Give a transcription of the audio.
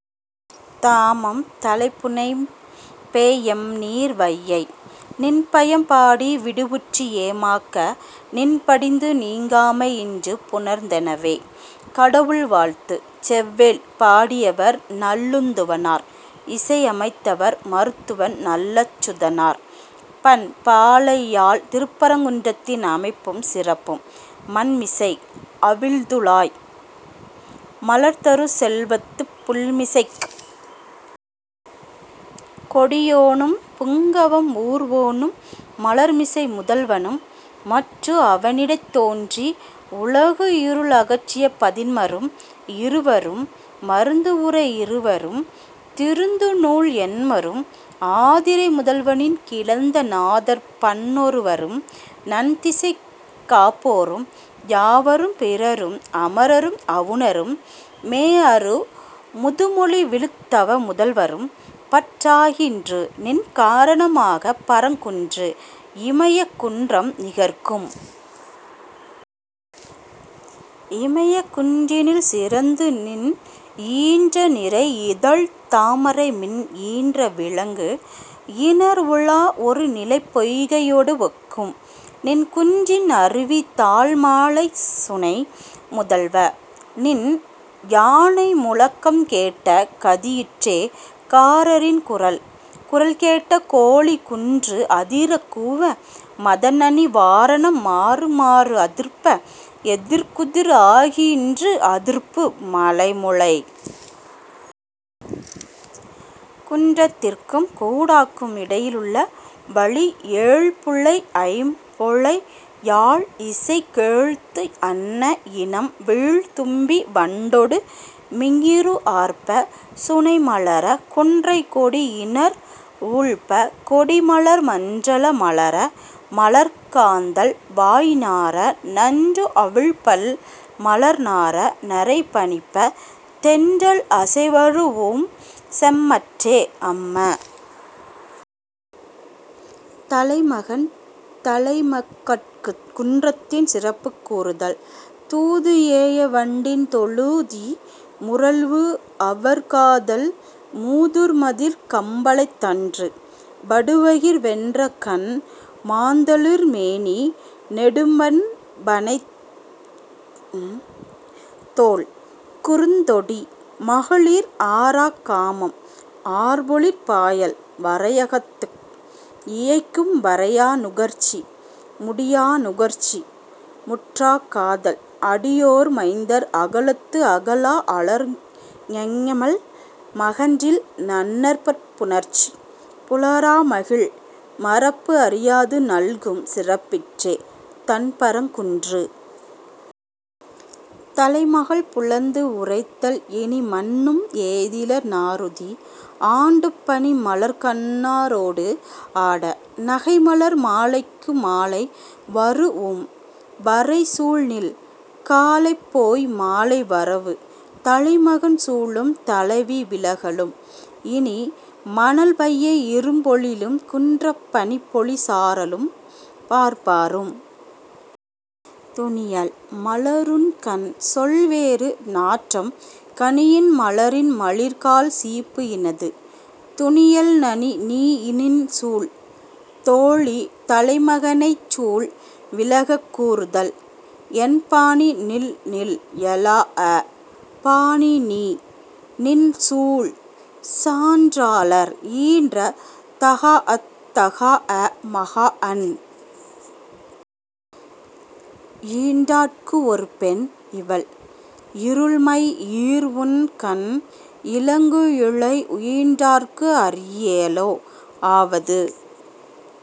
தாமம் தலை புனை பேஎம் நீர் வையை! நின் பயம் பாடி விடிவுற்று ஏமாக்க--- நின் படிந்து நீங்காமை இன்று புணர்ந்தெனவே. கடவுள் வாழ்த்து. செவ்வேள் பாடியவர், நல்லந்துவனார் இசையமைத்தவர், மருத்துவன் நல்லச்சுதனார் பண், பாலையாழ் திருப்பரங்குன்றத்தின் அமைப்பும் சிறப்பும் மண்மிசை---அவிழ்துழாய் மலர்தரு செல்வத்துப் புள்மிசைக் கொடியோனும், புங்கவம் ஊர்வோனும், மலர்மிசை முதல்வனும், மற்று அவனிடைத் தோன்றி உலகு இருள் அகற்றிய பதின்மரும், இருவரும், மருந்து உரை இருவரும், திருந்து நூல் எண்மரும், ஆதிரை முதல்வனின் கிளந்த நாதர் பன்னொருவரும், நன் திசை காப்போரும், யாவரும், பிறரும், அமரரும், அவுணரும், மேஅரு முதுமொழி விழுத் தவ முதல்வரும்--- பற்றாகின்று, நின் காரணமாக; பரங்குன்று இமயக் குன்றம் நிகர்க்கும். இமயக் குன்றினில் சிறந்து நின் ஈன்ற நிரை இதழ்த் தாமரை மின் ஈன்ற விளங்கு இணர் ஊழா ஒருநிலைப் பொய்கையோடு ஒக்கும்--- நின் குன்றின் அருவி தாழ் மாலைச் சுனை. முதல்வ! நின் யானை முழக்கம் கேட்ட கதியிற்றே காரின் குரல். குரல் கேட்ட கோழி குன்று அதிரக் கூவ, மத நனி வாரணம் மாறுமாறு அதிர்ப்ப, எதிர்குதிர் ஆகின்று அதிர்ப்பு, மலை முழை. குன்றத்திற்கும் கூடாக்கும் இடையிலுள்ள வழி ஏழ் புழை ஐம் புழை யாழ் இசை கேழ்த்து அன்ன, இனம் வீழ் தும்பி வண்டொடு மிஞிறு ஆர்ப்ப, சுனை மலர, கொன்றை கொடி இணர் ஊழ்ப்ப, கொடி மலர் மன்றல மலர, மலர் காந்தள் வாய் நாற, நன்று அவிழ் பல் மலர் நாற, நறை பனிப்ப, தென்றல் அசைவரூஉம் செம்மற்றே-- அம்ம! தலைமகன் தலைமகட்குக் குன்றத்தின் சிறப்புக் கூறுதல் 'தூது ஏய வண்டின் தொழுதி முரல்வு அவர் காதல் மூதூர் மதில் கம்பலைத்தன்று; வடு வகிர் வென்ற கண், மாந் தளிர் மேனி, நெடு மென் பணைத் தோள், குறுந் தொடி, மகளிர் ஆராக் காமம், ஆர் பொழிற் பாயல், வரையகத்து, இயைக்கும் வரையா நுகர்ச்சி; முடியா நுகர்ச்சி முற்றாக் காதல், அடியோர் மைந்தர் அகலத்து அகலா அலர் ஞெமல் மகன்றில் நன்னர்ப் புணர்ச்சி, புலரா மகிழ்; மறப்பு அறியாது நல்கும் சிறப்பிற்றே---தண் பரங்குன்று. ' தலைமகள் புலந்து உரைத்தல் 'இனி, மன்னும் ஏதிலர் நாறுதி; ஆண்டுப் பனி மலர்க் கண்ணாரோடு ஆட--நகை மலர் மாலைக்கு மாலை வரூஉம்; வரை சூள் நில்-- காலைப் போய் மாலை வரவு. ' தலைமகன் சூளும் தலைவி விலகலும் 'இனி மணல் வையை இரும் பொழிலும், குன்றப் பனி பொழி சாரலும், பார்ப்பாரும்;.... துனியல், மலருண்கண்! சொல் வேறு; நாற்றம் கனியின் மலரின் மலிர் கால் சீப்பு இன்னது; துனியல் நனி 'நீ நின் சூள். ' தோழி தலைமகனைச் சூள் விலகக்கூறுதல் 'என் பாணி நில் நில்---எலாஅ! --பாணி நீ, நின் சூள்; சான்றாளர் ஈன்ற தகாஅத் தகாஅ மகாஅன்! -- ஈன்றாட்கு ஒரு பெண், இவள். "இருள் மை ஈர் உண் கண் இலங்கு இழை ஈன்றாட்கு அரியளோ? ஆவது